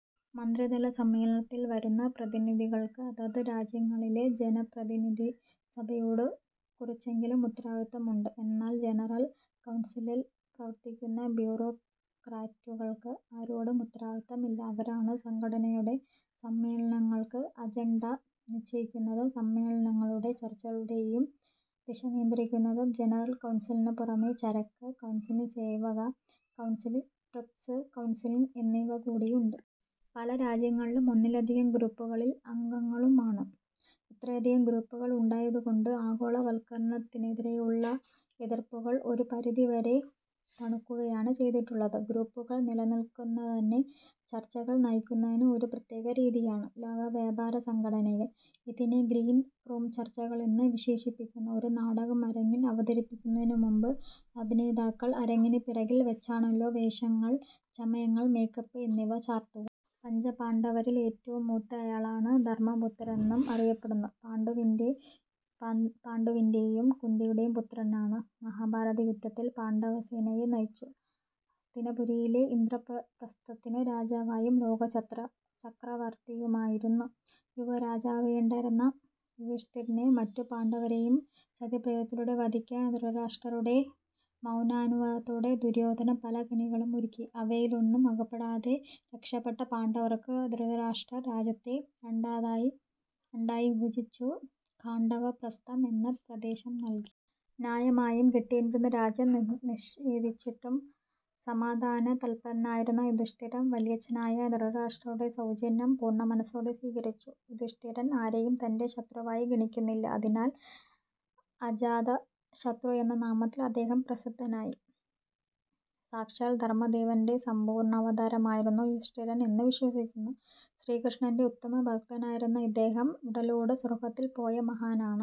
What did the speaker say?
മന്ത്രിതലസമ്മേളനത്തിൽ വരുന്ന പ്രതിനിധികൾക്ക് അതത് രാജ്യങ്ങളിലെ ജനപ്രതിനിധിസഭയോടു കുറച്ചെങ്കിലും ഉത്തരവാദിത്തമുണ്ട്. എന്നാൽ ജനറൽ കൌൺസിലിൽ പ്രവർത്തിക്കുന്ന ബ്യൂറോക്രാറ്റുകൾക്ക് ആരോടും ഉത്തരവാദിത്തമില്ല. അവരാണ് സംഘടനയുടെ സമ്മേളനങ്ങൾക്ക് അജൻഡ നിശ്ചയിക്കുന്നതും സമ്മേളനങ്ങളുടെയും ചർച്ചകളുടെയും ദിശ നിയന്ത്രിക്കുന്നതും. ജനറൽ കൗൺസിലിനു പുറമേ, ചരക്ക് കൗൺസിൽ, സേവന കൗൺസിൽ, ട്രിപ്സ് കൌൺസിൽ എന്നിവകൂടിയുണ്ട്. പല രാജ്യങ്ങളും ഒന്നിലധികം ഗ്രൂപ്പുകളിൽ അംഗങ്ങളുമാണ്. ഇത്രയധികം ഗ്രൂപ്പുകൾ ഉണ്ടായതുകൊണ്ട് ആഗോളവത്കരണത്തിനെതിരെയുള്ള എതിർപ്പുകൾ ഒരു പരിധിവരെ തണുക്കുകയാണ് ചെയ്തിട്ടുള്ളത്. ഗ്രൂപ്പുകൾ നിലനിൽക്കെത്തന്നെ ചർച്ചകൾ നയിക്കുന്നതിന് ഒരു പ്രത്യേക രീതിയാണ് ലോകവ്യാപാരസംഘടനയിൽ. ഇതിനെ ഗ്രീൻ റൂംചർച്ചകൾ എന്നു വിശേഷിപ്പിക്കുന്നു. ഒരു നാടകം അരങ്ങിൽ അവതരിപ്പിക്കുന്നതിനുമുമ്പ്, അഭിനേതാക്കൾ അരങ്ങിനു പിറകിൽ വച്ചാണല്ലോ വേഷങ്ങൾ ചമയങ്ങൾ മേക്കപ്പ് എന്നിവ ചാർത്തുക. പഞ്ചപാണ്ഡവരിൽ ഏറ്റവും മൂത്തയാളാണ് ധർമ്മപുത്രരെന്നും അറിയപ്പെടുന്നു. പാണ്ഡുവിന്റെയും കുന്തിയുടെയും പുത്രനാണ്. മഹാഭാരതയുദ്ധത്തിൽ പാണ്ഡവസേനയെ നയിച്ചു. ഹസ്തിനപുരിയിലേയും ഇന്ദ്രപ്രസ്ഥയിലേയും രാജാവും ലോക ചക്രവർത്തിയുമായിരുന്നു. യുവരാജാവാകേണ്ടിയിരുന്ന യുധിഷ്ഠിരനേയും മറ്റു പാണ്ഡവരെയും ചതിപ്രയോഗത്തിലൂടെ വധിക്കാൻ ധൃതരാഷ്ട്രരുടെ മൗനാനുവാദത്തോടെ ദുര്യോധനൻ പല കെണികളും ഒരുക്കി. അവയിലൊന്നും അകപ്പെടാതെ രക്ഷപ്പെട്ട പാണ്ഡവർക്ക്, ധൃതരാഷ്ട്രർ രാജ്യത്തെ രണ്ടായി വിഭജിച്ചു ഖാണ്ഡവപ്രസ്ഥം എന്ന പ്രദേശം നല്കി. ന്യായമായും കിട്ടേണ്ടിയിരുന്ന രാജ്യം നിഷേധിച്ചിട്ടും സമാധാനതല്പ്പരനായിരുന്ന യുധിഷ്ഠിരൻ വലിയച്ഛനായ ധൃതരാഷ്ട്രരുടെ സൗജന്യം പൂർണമനസ്സോടെ സ്വീകരിച്ചു. യുധിഷ്ഠിരൻ ആരെയും തന്റെ ശത്രുവായി ഗണിക്കുന്നില്ല. അതിനാൽ അജാതശത്രു എന്ന നാമത്തിൽ അദ്ദേഹം പ്രസിദ്ധനാണ്. സാക്ഷാൽ ധർമ്മദേവന്റെ സംപൂർണ്ണാവതാരമായിരുന്നു യുധിഷ്ഠിരൻ എന്നു വിശ്വസിക്കുന്നു. ശ്രീകൃഷ്ണന്റെ ഉത്തമ ഭക്തനായിരുന്ന ഇദ്ദേഹം ഉടലോടെ സ്വർഗ്ഗത്തിൽ പോയ മഹാനാണ്.